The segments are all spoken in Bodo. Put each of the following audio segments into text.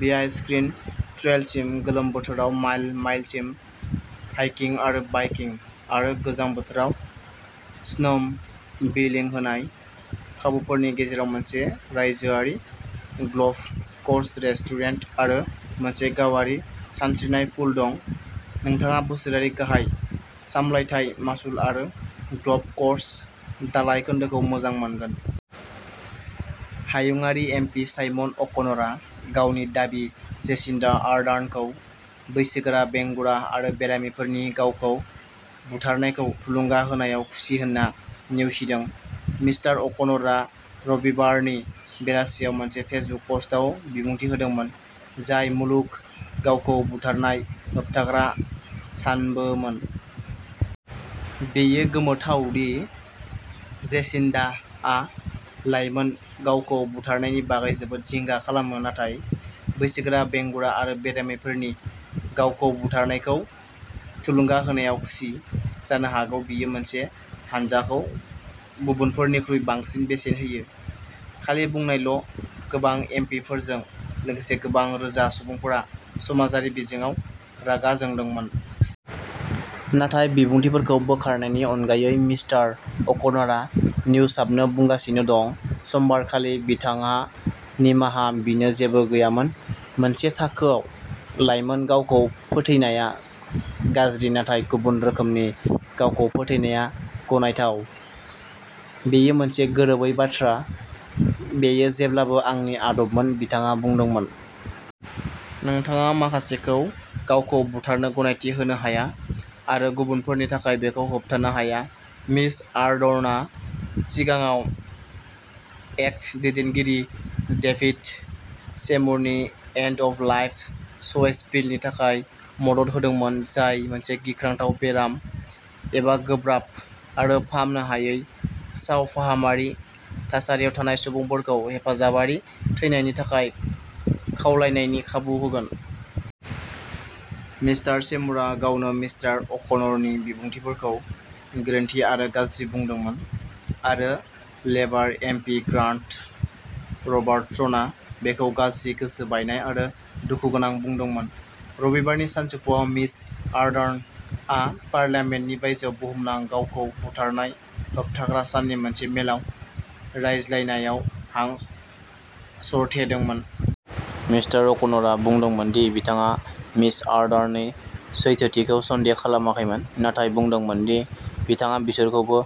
बियार्स्किन ट्रेलसिम-गोलोम बोथोराव माइल माइलसिम हाइकिं आरो बाइकिं आरो गोजां बोथोराव स्नोम' बिलिं होनाय। खाबुफोरनि गेजेराव मोनसे रायजोआरि ग्लफ कर्स, रेस्टुरेन्ट आरो मोनसे गावारि सानस्रिनाय पुल दं। नोंथाङा बोसोरारि गाहाय सामलायथाय मासुल आरो ग्लफ कर्स दालाय खोन्दोखौ मोजां मोनगोन। हायुंआरि एम पि साइमन अ'क'नरआ गावनि दाबि जेसिन्डा आर्डार्नखौ बैसोगोरा, बेंगुरा आरो बेरामिफोरनि गावखौ बुथारनायखौ थुलुंगा होनायाव खुसि होनना नेवसिदों। मिस्टार अ'क'नरआ रबिबारनि बेलासियाव मोनसे फेसबुक पस्टआव बिबुंथि होदोंमोन, जाय मुलुग गावखौ बुथारनाय होबथाग्रा सानबोमोन। बेयो गोमोथाव दि जेसिन्डाआ लाइमोन गावखौ बुथारनायनि बागै जोबोद जिंगा खालामो नाथाय बैसोगोरा, बेंगुरा आरो बेरामिफोरनि गावखौ बुथारनायखौ थुलुंगा होनायाव खुसि। जानो हागौ बियो मोनसे हानजाखौ गुबुनफोरनिख्रुइ बांसिन बेसेन होयो। खालि बुंनायल' गोबां एम पि फोरजों लोगोसे गोबां रोजा सुबुंफोरा समाजारि बिजोङाव रागा जोंदोंमोन। नाथाय बिबुंथिफोरखौ बोखारनायनि अनगायै मिस्टार अ'क'नरआ निउशाबनो बुंगासिनो दं। समबारखालि बिथांहा निमाहा बिनो जेबो गैयामोन। मोनसे थाखोआव लाइमोन गावखौ फोथैनाया गाज्रि, नाथाय गुबुन रोखोमनि गावखौ फोथैनाया गनायथाव, बेयो मोनसे गोरोबै बाथ्रा। बेयो जेब्लाबो आंनि आदबमोन, बिथाङा बुंदोंमोन। नोंथाङा माखासेखौ गावखौ बुथारनो गनायथि होनो हाया आरो गुबुनफोरनि थाखाय बेखौ होबथानो हाया। मिस आर्डर्नआ सिगाङाव एक्ट दैदेनगिरि डेभिड सेमुरनि एन्ड अफ लाइफ च्वाइस बिलनि थाखाय मदद होदोंमोन, जाय मोनसे गिख्रांथाव बेराम एबा गोब्राब आरो फाहामनो हायै सावफाहामारि थासारियाव थानाय सुबुंफोरखौ हेफाजाबारि थैनायनि थाखाय खावलायनायनि खाबु होगोन। मिस्टार सेमुरा गावनो मिस्टार अ'कन'रनि बिबुंथिफोरखौ गोरोन्थि आरो गाज्रि बुंदोंमोन, आरो लेबार एम पि ग्रान्ट रबार्टसनआ बेखौ गाज्रि, गोसो बायनाय आरो दुखुगोनां बुंदोंमोन। रबिबारनि सानजौफुआव मिस आर्डर्नआ पार्लियामेन्टनि बायजोआव बुहुमनां गावखौ बुथारनाय होबथाग्रा साननि मोनसे मेलआव रायज्लायनायाव हां सरथेदोंमोन। मिस्टार अ'कन'रना बुंदोंमोन दि बिथाङा मिस आर्डार्ननि सैथोथिखौ सन्देह खालामाखैमोन, नाथाय बुंदोंमोन दि बिथाङा बैसोरखौबो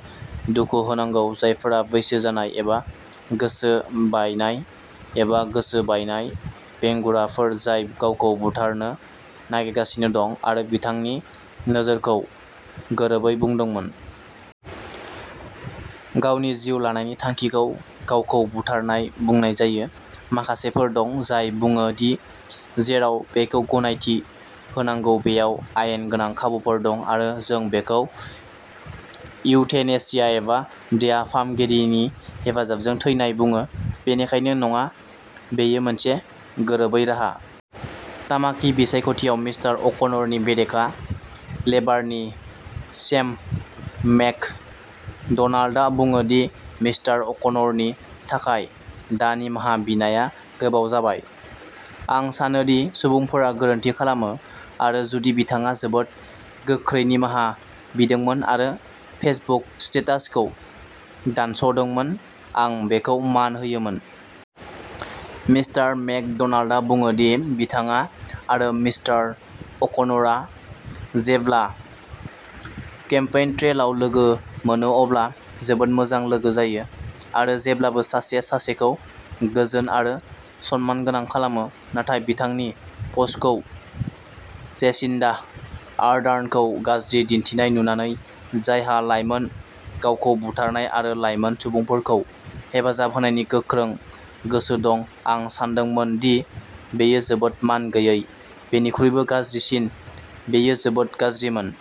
दुखु होनांगौ जायफोरा बैसो जानाय एबा गोसो बायनाय एबा गोसो बायनाय। बेंगुराफोर जाय गावखौ बुथारनो नागिरगासिनो दं, आरो बिथांनि नोजोरखौ गोरोबै बुंदोंमोन। गावनि जिउ लानायनि थांखिखौ गावखौ बुथारनाय बुंनाय जायो। माखासेफोर दं जाय बुङो दि जेराव बेखौ गनायथि होनांगौ बेयाव आयेन गोनां खाबुफोर दं, आरो जों बेखौ इउथेनेसिया एबा देहा फाहामगिरिनि हेफाजाबजों थैनाय बुङो। बेनिखायनो नङा, बेयो मोनसे गोरोबै राहा। तामाकी बिसायख'थियाव मिस्टार अ'कन'रनि बेरेखा, लेबारनि सेम मेक ड'नाल्डआ बुङो दि मिस्टार अ'कन'रनि थाखाय दा निमाहा बिनाया गोबाव जाबाय। आं सानो दि सुबुंफोरा गोरोन्थि खालामो, आरो जुदि बिथाङा जोबोद गोख्रै निमाहा बिदोंमोन आरो फेसबुक स्टेटासखौ दानस'दोंमोन, आं बेखौ मान होयोमोन। मिस्टार मेक ड'नाल्डआ बुङो दि बिथाङा आरो मिस्टार अ'कन'रना जेब्ला केम्पेइन ट्रेलआव लोगो मोनो अब्ला जोबोद मोजां लोगो जायो, आरो जेब्लाबो सासेया सासेखौ गोजोन आरो सनमानगोनां खालामो। नाथाय बिथांनि प'स्टखौ जेसिन्डा आर्डार्नखौ गाज्रि दिन्थिनाय नुनानै, जायहा लाइमोन गावखौ बुथारनाय आरो लाइमोन सुबुंफोरखौ हेफाजाब होनायनि गोख्रों गोसो दं, आं सानदोंमोन दि बेयो जोबोद मान गैयै। बेनिख्रुइबो गाज्रिसिन, बेयो जोबोद गाज्रिमोन।